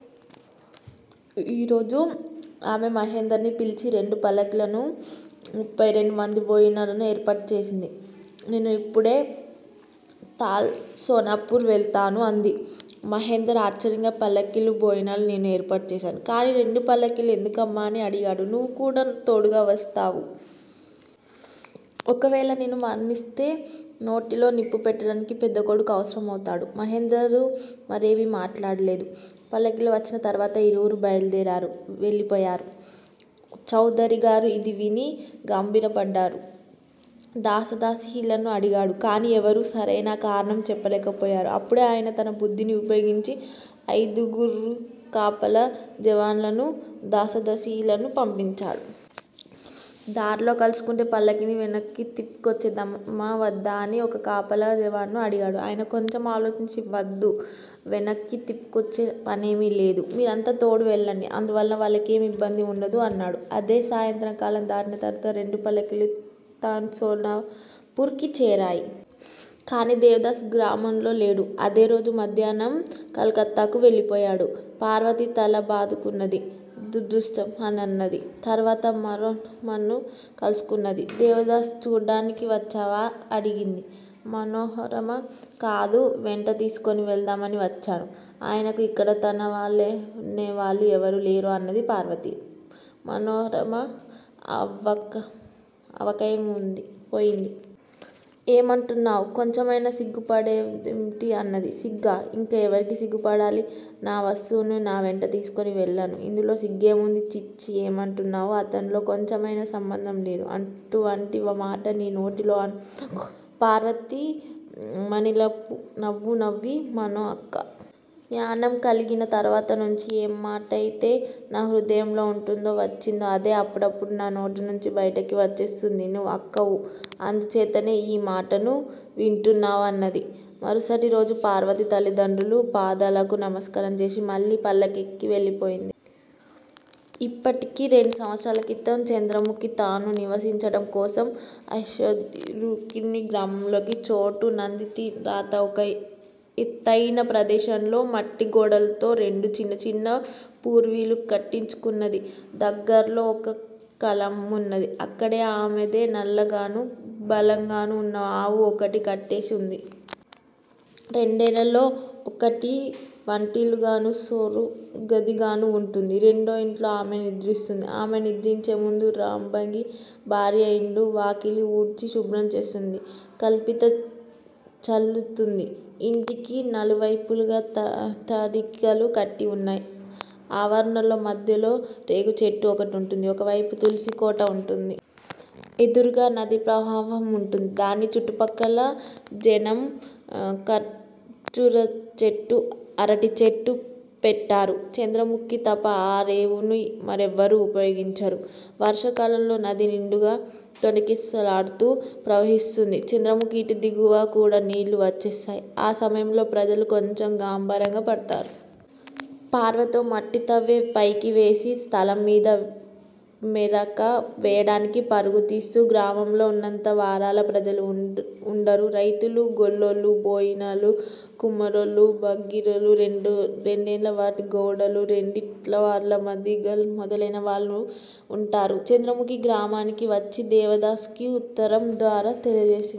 ఈ రోజు ఆమె మహేంద్రుణ్ని పిలిచి రెండు పల్లకీలనూ, ముప్పై రెండు మంది బోయినలనూ ఏర్పాటు చేసింది. నేను ఇప్పుడే తాల్ సోనాపుర్ వెళతాను అన్నది. మహేంద్రుడు ఆశ్చర్యంగా పల్లకీని, బోయిలనూ నేను ఏర్పాటు చేస్తాను. కాని రెండు పల్లకీలు ఎందుకమ్మా? అని అడిగాడు. నీవు కూడా తోడుగా వస్తావు! ఒకవేళ నేను మరణిస్తే నోటిలో నిప్పు పెట్టడానికి పెద్దకొడుకు అవసరమవుతాడు. మహేంద్రుడు మరేమీ మాట్లాడలేదు. పల్లకీలు వచ్చిన తరువాత ఇరువురూ బయలుదేరి వెళ్ళిపోయారు. చౌదరిగారు ఇది విని గాభరాపడ్డాడు. దాస దాసీలను అడిగాడు. కాని ఎవరూ సరైన కారణం చెప్పలేకపోయారు. అప్పుడు ఆయన తన బుద్ధిని ఉపయోగించి అయిదుగురు కాపలా జవానులనూ, దాసదాసీలనూ పంపించాడు. దారిలో కలుసుకుంటే పల్లకీని వెనక్కు తిప్పుకొచ్చేమా వద్దా? అని ఒక కాపలా జవాను అడిగాడు. ఆయన కొంచెం ఆలోచించి వద్దు, వెనక్కు తిప్పుకొచ్చే పనేమీ లేదు. మీరంతా తోడుగా వెళ్ళండి. అందువల్ల వాళ్ళకేమీ ఇబ్బంది వుండదు అన్నాడు. అదే సాయంకాలం దాటిన తరువాత రెండు పల్లకీలూ తాల్ సోనాపుర్కి చేరాయి. కాని దేవదాసు గ్రామంలోలేడు. అదేరోజు మధ్యాహ్నం కలకత్తాకు వెళ్ళిపోయాడు. పార్వతి తల బాదుకున్నది_ దురదృష్టం! అన్నది. తరువాత మనోరమను కలుసుకున్నది. దేవదాసును చూడటానికి వచ్చావా? అడిగింది మనోహారమ. కాదు, వెంటతీసుకొని వెళ్ళడానికి వచ్చాను. ఆయనకు ఇక్కడ తనవాళ్ళనేవాళ్ళు ఎవరూ లేరు అన్నది పార్వతి. మనోరమ అవాక్కయిపోయింది. ఏమంటున్నావు? కొంచెమైనా సిగ్గుపడవేమిటీ అన్నది. సిగ్గా, ఇంకా ఎవరికి సిగ్గుపడాలి? నా వస్తువును నా వెంట తీసికొని వెళ్తాను. ఇందులో సిగ్గేముంది? ఛీ! ఛీ! ఏమంటున్నావు? అతనితో కొంచెమైనా సంబంధం లేదు_అటువంటి మాట నీ నోటితో అనకు. పార్వతి మలినపు నవ్వు నవ్వి మనో అక్కా! జ్ఞానం కలిగిన తరువాత నుంచి ఏ మాటయితే నా హృదయంలో ఉంటూ వచ్చిందో అదే అప్పుడప్పుడు నా నోటినుంచి బయటికి వచ్చేస్తుంది. నీవు అక్కవు, అందుచేతనే ఈ మాటలను వింటున్నావు అన్నది. మరుసటిరోజు పార్వతి తల్లిదండ్రుల పాదాలకు నమస్కారం చేసి మళ్ళీ పల్లకీ యెక్కి వెళ్ళిపోయింది. ఇప్పటికి రెండు సంవత్సరాల క్రితం చంద్రముఖి తాను నివసించడం కోసం ఆశథ్ ఝారీ గ్రామంలో ఛోట్ నదీతీరాన ఒక ఎత్తయిన ప్రదేశంలో మట్టిగోడలతో రెండు చిన్న చిన్న పూరిళ్ళు కట్టించుకొన్నది. దగ్గరలో ఒక కళ్ళం వున్నది. అక్కడే ఆమెదే నల్ల గానూ, బలంగానూ ఉన్న ఆవు ఒకటి కట్టేసి వుంది. రెండిళ్ళల్లో, ఒకటి వంటిల్లుగానూ స్టోరు గదిగానూ వుంటుంది. రెండో ఇంట్లో ఆమె నిద్రిస్తుంది. ఆమె నిద్రలేచేముందే రామ్ బాగ్దీ భార్య ఇళ్లూ, వాకిళ్లూ ఊడ్చి శుభ్రం చేస్తుంది. కళ్ళాపి చల్లుతుంది. ఇంటికి నలువైపులా తడికలు కట్టి వున్నాయి. ఆవరణ మధ్యలో రేగుచెట్టు ఒకటి ఉంటుంది. ఒకవైపు తులసికోట ఉంటుంది. ఎదురుగా నదీ ప్రవాహం ఉంటుంది. దాని చుట్టుప్రక్కల జనం ఖర్జూర చెట్లు, అరటి చెట్లు పెంటారు. చంద్రముఖి తప్ప ఆ రేవును మరెవ్వరూ ఉపయోగించరు. వర్షాకాలంలో నది నిండుగా తొణికిసలాడుతూ ప్రవహిస్తుంది చంద్రముఖి ఇంటి దిగువకు కూడా నీళ్ళు వచ్చేస్తాయి. ఆ సమయంలో ప్రజలు కొంచెం గాభరాగా పడుతుంటారు. పారతో మట్టిత్రవ్వి పైకి వేసి స్థలంమీద మెరక వేయడానికి పరుగులు తీస్తారు. గ్రామంలో ఉన్నత వర్ణాల ప్రజలు వుండరు. రైతులు, గొల్లలు, బోయీలు, కుర్మీలూ, బాగ్దీలూ, రెండిళ్ళవాళ్ళు గౌడలూ, రెండిళ్ళవాళ్ళు మాదిగలూ మొదలైన వాళ్ళు వుంటారు. చంద్రముఖి ఈ గ్రామానికి వచ్చి దేవదాసుకు ఉత్తరం ద్వారా తెలియచేసి.